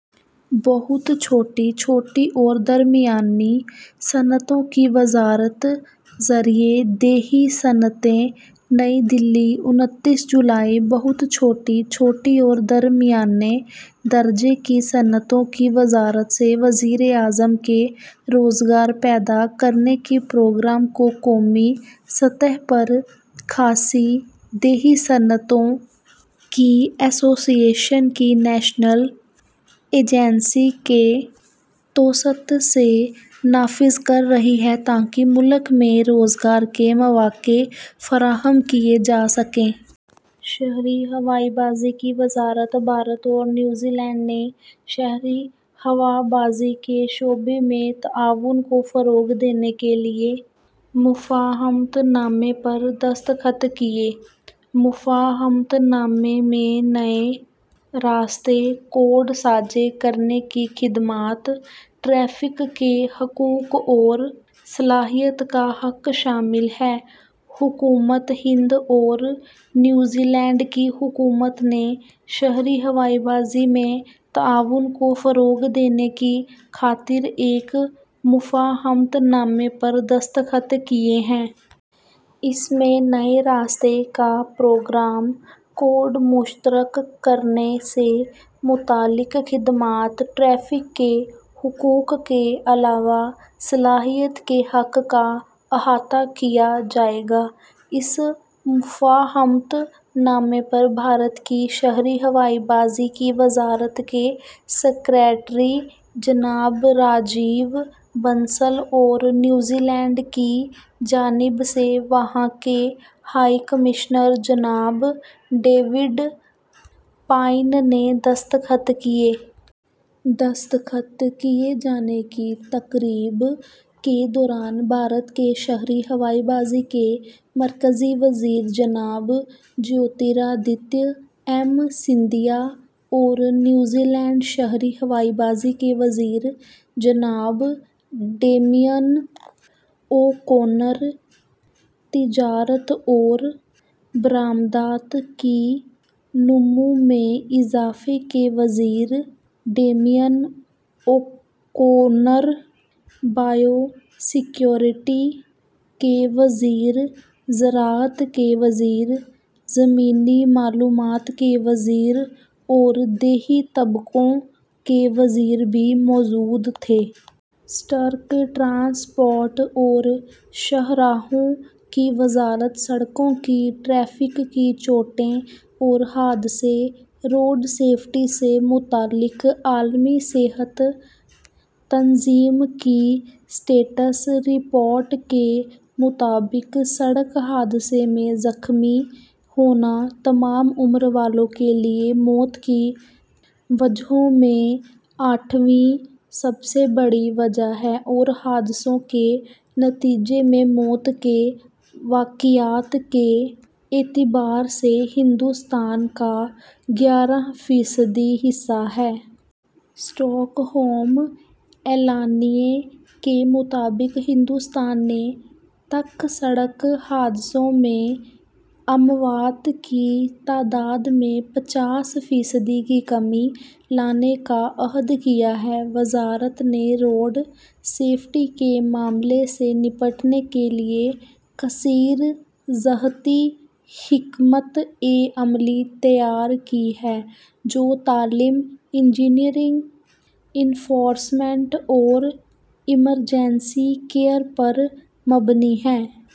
بہت چھوٹی، چھوٹی اور درمیانی صنعتوں کی وزارت زرعی / دیہی صنعتیں نئی دہلی، انتیس جولائی: بہت چھوٹی، چھوٹی اور درمیانے درجے کی صنعتوں کی وزارت سے وزیر اعظم کے روزگار پیدا کرنے کے پروگرام کو قومی سطح پر کھادی دیہی صنعتوں کی ایسوسی ایشن کی نوڈل ایجنسی کے توسط سے نافذ کر رہی ہے تاکہ ملک میں روزگار کے مواقع فراہم کیے جا سکیں۔ شہری ہوابازی کی وزارت بھارت اور نیو زیلینڈ نے شہری ہوا بازی کے شعبے میں تعاون کو فروغ دینے کے لیے مفاہمت نامے پر دستخط کیے مفاہمت نامے میں نئے راستے، کوڈ ساجھا کرنے کی خدمات، ٹریفک کے حقوق اور صلاحیت کا حق شامل ہے حکومت ہند اور نیوزی لینڈ کی حکومت نے شہری ہوا بازی میں تعاون کو فروغ دینے کی خاطر ایک مفاہمت نامے پر دستخط کیے ہیں۔ اس میں نئے راستوں کا پروگرام، کوڈ مشترک کرنے سے متعلق خدمات، ٹریفک کے حقوق کے علاوہ صلاحیت کے حق کا احاطہ کیا جائے گا۔ اس مفاہمت نامے پر بھارت کی شہری ہوابازی کی وزارت کے سکریٹری جناب راجیو بنسل اور نیوزی لینڈ کی جانب سے، وہاں کے ہائی کمشنر جناب ڈیوڈ پائن نے دستخط کیے۔ دستخط کیے جانے کی تقریب کے دوران، بھارت کے شہری ہوابازی کے مرکزی وزیر جناب جیوترادتیہ ایم سندھیا اور نیو زیلینڈ شہری ہوابازی کے وزیر جناب ڈیمین او کونر، تجارت اور برآمدات کی نمو میں اضافے کے وزیر، ڈیمین اوکونر، بایو سکیورٹی کے وزیر، زراعت کے وزیر، زمینی معلومات کے وزیر اور دیہی طبقوں کے وزیر بھی موجود تھے۔ سٹرک ٹرانسپورٹ اور شاہراہوں کی وزارت سڑکوں کی ٹریفک کی چوٹیں اور حادثے روڈ سیفٹی سے متعلق عالمی صحت تنظیم کی اسٹیٹس رپورٹ کے مطابق سڑک حادثے میں زخمی ہونا تمام عمر والوں کے لئے موت کی وجوہات میں آٹھویں سب سے بڑی وجہ ہے اور حادثوں کے نتیجے میں موت کے واقعات کے اعتبار سے ہندوستان کا گیارہ فیصد حصہ ہے۔ اسٹاک ہوم اعلانیئے کے مطابق ہندوستان نے تک سڑک حادثوں میں اموات کی تعداد میں پچاس فیصد کی کمی لانے کا عہد کیا ہے۔ وزارت نے روڈ سیفٹی کے معاملے سے نمٹنے کے لئے کثیر جہتی حکمت عملی تیار کی ہے، جو تعلیم، انجینئرنگ، انفورسمنٹ اور ایمرجنسی کیئر پر مبنی ہے۔